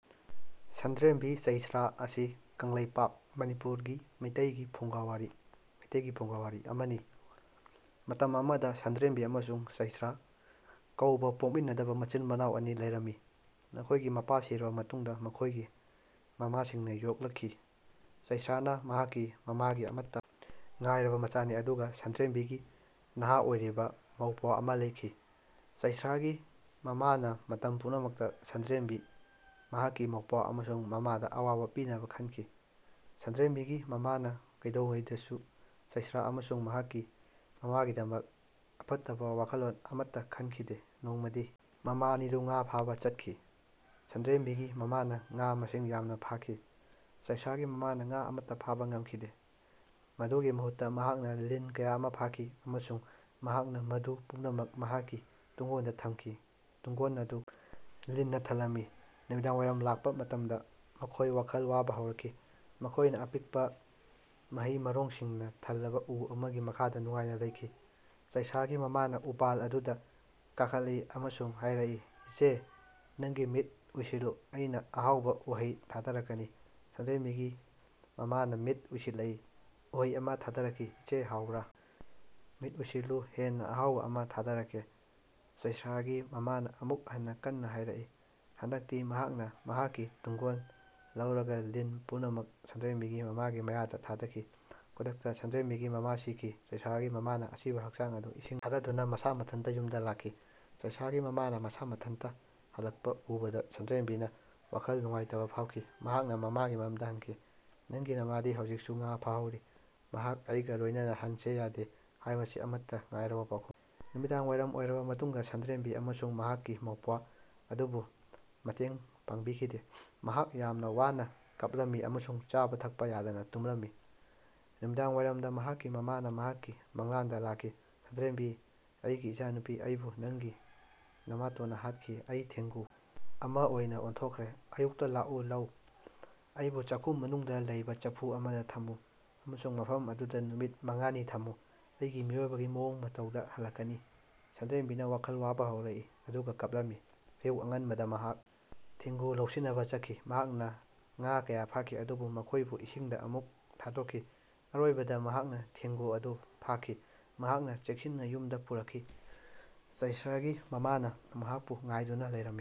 ꯁꯟꯗ꯭ꯔꯦꯝꯕꯤ ꯆꯩꯁ꯭ꯔꯥ ꯑꯁꯤ ꯀꯪꯂꯩꯄꯥꯛ (ꯃꯅꯤꯄꯨꯔ) ꯒꯤ ꯃꯤꯇꯩꯒꯤ ꯐꯨꯡꯒꯥꯋꯥꯔꯤ (ꯃꯩꯇꯩꯒꯤ ꯐꯨꯡꯒꯥꯋꯥꯔꯤ) ꯑꯃꯅꯤ꯫ ꯃꯇꯝ ꯑꯃꯗꯥ ꯁꯟꯗ꯭ꯔꯦꯝꯕꯤ ꯑꯃꯁꯨꯡ ꯆꯩꯁꯔꯥ ꯀꯧꯕꯥ ꯄꯣꯛꯃꯤꯟꯅꯗꯕ ꯃꯆꯤꯜ ꯃꯅꯥꯎ ꯑꯅꯤ ꯂꯩꯔꯝꯃꯤ꯫ ꯃꯈꯣꯏꯒꯤ ꯃꯄꯥ ꯁꯤꯔꯕ ꯃꯇꯨꯡꯗ ꯃꯈꯣꯏꯒꯤ ꯃꯃꯥꯁꯤꯡꯅ ꯌꯣꯛꯂꯛꯈꯤ꯫ ꯆꯩꯁ꯭ꯔꯥꯅ ꯃꯍꯥꯛꯀꯤ ꯃꯃꯥꯒꯤ ꯑꯃꯠꯇ ꯉꯥꯏꯔꯕ ꯃꯆꯥꯅꯤ ꯑꯗꯨꯒ ꯁꯟꯗ꯭ꯔꯦꯝꯕꯤꯒꯤ ꯅꯍꯥ ꯑꯣꯏꯔꯤꯕ ꯃꯧꯄ꯭ꯋꯥ ꯑꯃꯥ ꯂꯩꯈꯤ꯫ ꯆꯩꯁ꯭ꯔꯥꯒꯤ ꯃꯃꯥꯅ ꯃꯇꯝ ꯄꯨꯝꯅꯃꯛꯇ ꯁꯥꯟꯗ꯭ꯔꯦꯝꯕꯤ, ꯃꯍꯥꯛꯀꯤ ꯃꯧꯄ꯭ꯋꯥ ꯑꯃꯁꯨꯡ ꯃꯃꯥꯗ ꯑꯋꯥꯕ ꯄꯤꯅꯕ ꯈꯟꯈꯤ꯫ ꯁꯟꯗ꯭ꯔꯦꯝꯕꯤꯒꯤ ꯃꯃꯥꯅ ꯀꯩꯗꯧꯉꯩꯗꯁꯨ ꯆꯩꯁ꯭ꯔꯥ ꯑꯃꯁꯨꯡ ꯃꯍꯥꯛꯀꯤ ꯃꯃꯥꯒꯤꯗꯃꯛ ꯑꯐꯠꯇꯕ ꯋꯥꯈꯜꯂꯣꯟ ꯑꯃꯠꯇ ꯈꯟꯈꯤꯗꯦ꯫ ꯅꯣꯡꯃꯗꯤ ꯃꯃꯥ ꯑꯅꯤꯗꯨ ꯉꯥ ꯐꯥꯕꯥ ꯆꯠꯈꯤ꯫ ꯁꯟꯗ꯭ꯔꯦꯝꯕꯤꯒꯤ ꯃꯃꯥꯅ ꯉꯥ ꯃꯁꯤꯡ ꯌꯥꯝꯅ ꯐꯥꯈꯤ꯫ ꯆꯩꯁ꯭ꯔꯥꯒꯤ ꯃꯃꯥꯅ ꯉꯥ ꯑꯃꯠꯇꯥ ꯐꯥꯕ ꯉꯝꯈꯤꯗꯦ꯫ ꯃꯗꯨꯒꯤ ꯃꯍꯨꯠꯇ ꯃꯍꯥꯛꯅ ꯂꯤꯟ ꯀꯌꯥ ꯑꯃ ꯐꯥꯈꯤ ꯑꯃꯁꯨꯡ ꯃꯍꯥꯛꯅ ꯃꯗꯨ ꯄꯨꯝꯅꯃꯛ ꯃꯍꯥꯛꯀꯤ ꯇꯨꯡꯒꯣꯟꯗ ꯊꯝꯈꯤ꯫ ꯇꯨꯡꯒꯣꯟ ꯑꯗꯨ ꯂꯤꯟꯅ ꯊꯜꯂꯝꯃꯤ꯫ ꯅꯨꯃꯤꯗꯥꯡꯋꯥꯏꯔꯝ ꯂꯥꯛꯄ ꯃꯇꯝꯗ ꯃꯈꯣꯏ ꯋꯥꯈꯜ ꯋꯥꯕ ꯍꯧꯔꯛꯈꯤ꯫ ꯃꯈꯣꯏꯅ ꯑꯄꯤꯛꯄꯥ ꯃꯍꯩ ꯃꯔꯣꯡꯁꯤꯡꯅ ꯊꯜꯂꯕ ꯎ ꯑꯃꯒꯤ ꯃꯈꯥꯗ ꯅꯨꯡꯉꯥꯏꯅ ꯂꯩꯈꯤ꯫ ꯆꯩꯁ꯭ꯔꯥꯒꯤ ꯃꯃꯥꯅ ꯎꯄꯥꯜ ꯑꯗꯨꯗ ꯀꯥꯈꯠꯂꯛꯏ ꯑꯃꯁꯨꯡ ꯍꯥꯏꯔꯛꯏ, "ꯏꯆꯦ, ꯅꯪꯒꯤ ꯃꯤꯠ ꯎꯏꯁꯤꯜꯂꯨ, ꯑꯩꯅꯥ ꯑꯍꯥꯎꯕ ꯎꯍꯩ ꯊꯥꯗꯔꯛꯀꯅꯤ꯫ ꯁꯟꯗ꯭ꯔꯦꯝꯕꯤꯒꯤ ꯃꯃꯥꯅ ꯃꯤꯠ ꯎꯏꯁꯤꯜꯂꯛꯏ꯫ ꯎꯍꯩ ꯑꯃ ꯊꯥꯗꯔꯛꯈꯤ꯫ "ꯏꯆꯦ, ꯍꯥꯎꯕ꯭ꯔꯥ? ꯃꯤꯠ ꯎꯏꯁꯤꯜꯂꯨ ꯍꯦꯟꯅ ꯑꯍꯥꯎꯕ ꯑꯃ ꯊꯥꯗꯔꯛꯀꯦ" ꯆꯩꯁꯔꯒꯤ ꯃꯃꯥꯅ ꯑꯃꯨꯛ ꯍꯟꯅ ꯀꯟꯅ ꯍꯥꯏꯔꯛꯏ꯫ ꯍꯟꯗꯛꯇꯤ ꯃꯍꯥꯛꯅ ꯃꯍꯥꯛꯀꯤ ꯇꯨꯡꯒꯣꯟ ꯂꯧꯔꯒ ꯂꯤꯟ ꯄꯨꯝꯅꯃꯛ ꯁꯥꯟꯗ꯭ꯔꯦꯝꯕꯤꯒꯤ ꯃꯃꯥꯒꯤ ꯃꯌꯥꯗ ꯊꯥꯗꯈꯤ꯫ ꯈꯨꯗꯛꯇ ꯁꯥꯟꯗ꯭ꯔꯦꯝꯕꯤꯒꯤ ꯃꯃꯥ ꯁꯤꯈꯤ꯫ ꯆꯩꯁ꯭ꯔꯥꯒꯤ ꯃꯃꯥꯅ ꯑꯁꯤꯕ ꯍꯛꯆꯥꯡ ꯑꯗꯨ ꯏꯁꯤꯡꯗ ꯊꯥꯗꯗꯨꯅ ꯃꯁꯥ ꯃꯊꯟꯇ ꯌꯨꯝꯗ ꯂꯥꯛꯈꯤ꯫ ꯆꯩꯁ꯭ꯔꯥꯒꯤ ꯃꯃꯥꯅ ꯃꯁꯥ ꯃꯊꯟꯇ ꯍꯜꯂꯛꯄ ꯎꯕꯗ ꯁꯟꯗ꯭ꯔꯦꯝꯕꯤꯅ ꯋꯥꯈꯜ ꯅꯨꯡꯉꯥꯏꯇꯕ ꯐꯥꯎꯈꯤ꯫ ꯃꯍꯥꯛꯅ ꯃꯃꯥꯒꯤ ꯃꯔꯝꯗ ꯍꯪꯈꯤ꯫ "ꯅꯪꯒꯤ ꯅꯃꯥꯗꯤ ꯍꯧꯖꯤꯛꯁꯨ ꯉꯥ ꯐꯥꯍꯧꯔꯤ꯫ ꯃꯍꯥꯛ ꯑꯩꯒꯥ ꯂꯣꯏꯅꯅ ꯍꯟꯁꯦ ꯌꯥꯗꯦ" ꯍꯥꯏꯕꯁꯤ ꯑꯃꯠꯇ ꯉꯥꯏꯔꯕ ꯄꯥꯎꯈꯨꯝꯅꯤ꯫ ꯅꯨꯃꯤꯗꯥꯡꯋꯥꯏꯔꯝ ꯑꯣꯏꯔꯕ ꯃꯇꯨꯡꯗ ꯁꯟꯗ꯭ꯔꯦꯝꯕꯤ ꯑꯃꯁꯨꯡ ꯃꯍꯥꯛꯀꯤ ꯃꯧꯄ꯭ꯋꯥ ꯑꯗꯨꯕꯨ ꯃꯇꯦꯡ ꯄꯥꯥꯡꯕꯤꯈꯤꯗꯦ꯫ ꯃꯍꯥꯛ ꯌꯥꯝꯅ ꯋꯥꯅ ꯀꯞꯂꯝꯃꯤ ꯑꯃꯁꯨꯡ ꯆꯥꯕ ꯊꯛꯄ ꯌꯥꯗꯅ ꯇꯨꯝꯂꯝꯃꯤ꯫ ꯅꯨꯃꯤꯗꯥꯡꯋꯥꯏꯔꯝꯗ ꯃꯍꯥꯛꯀꯤ ꯃꯃꯥꯅ ꯃꯍꯥꯛꯀꯤ ꯃꯪꯂꯥꯟꯗꯥ ꯂꯥꯛꯈꯤ꯫"ꯁꯟꯗ꯭ꯔꯦꯝꯕꯤ, ꯑꯩꯒꯤ ꯏꯆꯥꯅꯨꯄꯤ, ꯑꯩꯕꯨ ꯅꯪꯒꯤ ꯅꯃꯥꯇꯣꯟꯅ ꯍꯥꯠꯈꯤ꯫ ꯑꯩ ꯊꯦꯡꯒꯨ ꯑꯃ ꯑꯣꯏꯅ ꯑꯣꯟꯊꯣꯛꯈ꯭ꯔꯦ꯫ ꯑꯌꯨꯛꯇꯥ ꯂꯥꯛꯎ ꯂꯧ꯫ ꯑꯩꯕꯨ ꯆꯥꯛꯈꯨꯝ ꯃꯅꯨꯡꯗ ꯂꯩꯕꯥ ꯆꯐꯨ ꯑꯃꯗ ꯊꯝꯃꯨ꯫ ꯑꯃꯁꯨꯡ ꯃꯐꯝ ꯑꯗꯨꯗ ꯅꯨꯃꯤꯠ ꯃꯉꯥꯅꯤ ꯊꯝꯃꯨ꯫ ꯑꯩꯒꯤ ꯃꯤꯑꯣꯏꯕꯒꯤ ꯃꯑꯣꯡ ꯃꯇꯧꯗꯥ ꯍꯜꯂꯛꯀꯅꯤ꯫" ꯁꯟꯗ꯭ꯔꯦꯝꯕꯤꯅ ꯋꯥꯈꯜ ꯋꯥꯕ ꯍꯧꯔꯛꯏ ꯑꯗꯨꯒ ꯀꯞꯂꯝꯃꯤ꯫ ꯑꯌꯨꯛ ꯑꯉꯟꯕꯗ ꯃꯍꯥꯛ ꯊꯦꯡꯒꯨ ꯂꯧꯁꯤꯟꯅꯕ ꯆꯠꯈꯤ꯫ ꯃꯍꯥꯛꯅ ꯉꯥ ꯀꯌꯥ ꯐꯥꯈꯤ ꯑꯗꯨꯕꯨ ꯃꯈꯣꯏꯕꯨ ꯏꯁꯤꯡꯗ ꯑꯃꯨꯛ ꯊꯥꯗꯣꯛꯈꯤ꯫ ꯑꯔꯣꯏꯕꯗ ꯃꯍꯥꯛꯅ ꯊꯦꯡꯒꯨ ꯑꯗꯨ ꯐꯥꯈꯤ꯫ ꯃꯍꯥꯛꯅꯥ ꯆꯦꯛꯁꯤꯟꯅ ꯌꯨꯝꯗ ꯄꯨꯔꯛꯈꯤ꯫ ꯆꯩꯁꯔꯒꯤ ꯃꯃꯥꯅꯥ ꯃꯍꯥꯛꯄꯨ ꯉꯥꯏꯗꯨꯅ ꯂꯩꯔꯝꯃꯤ꯫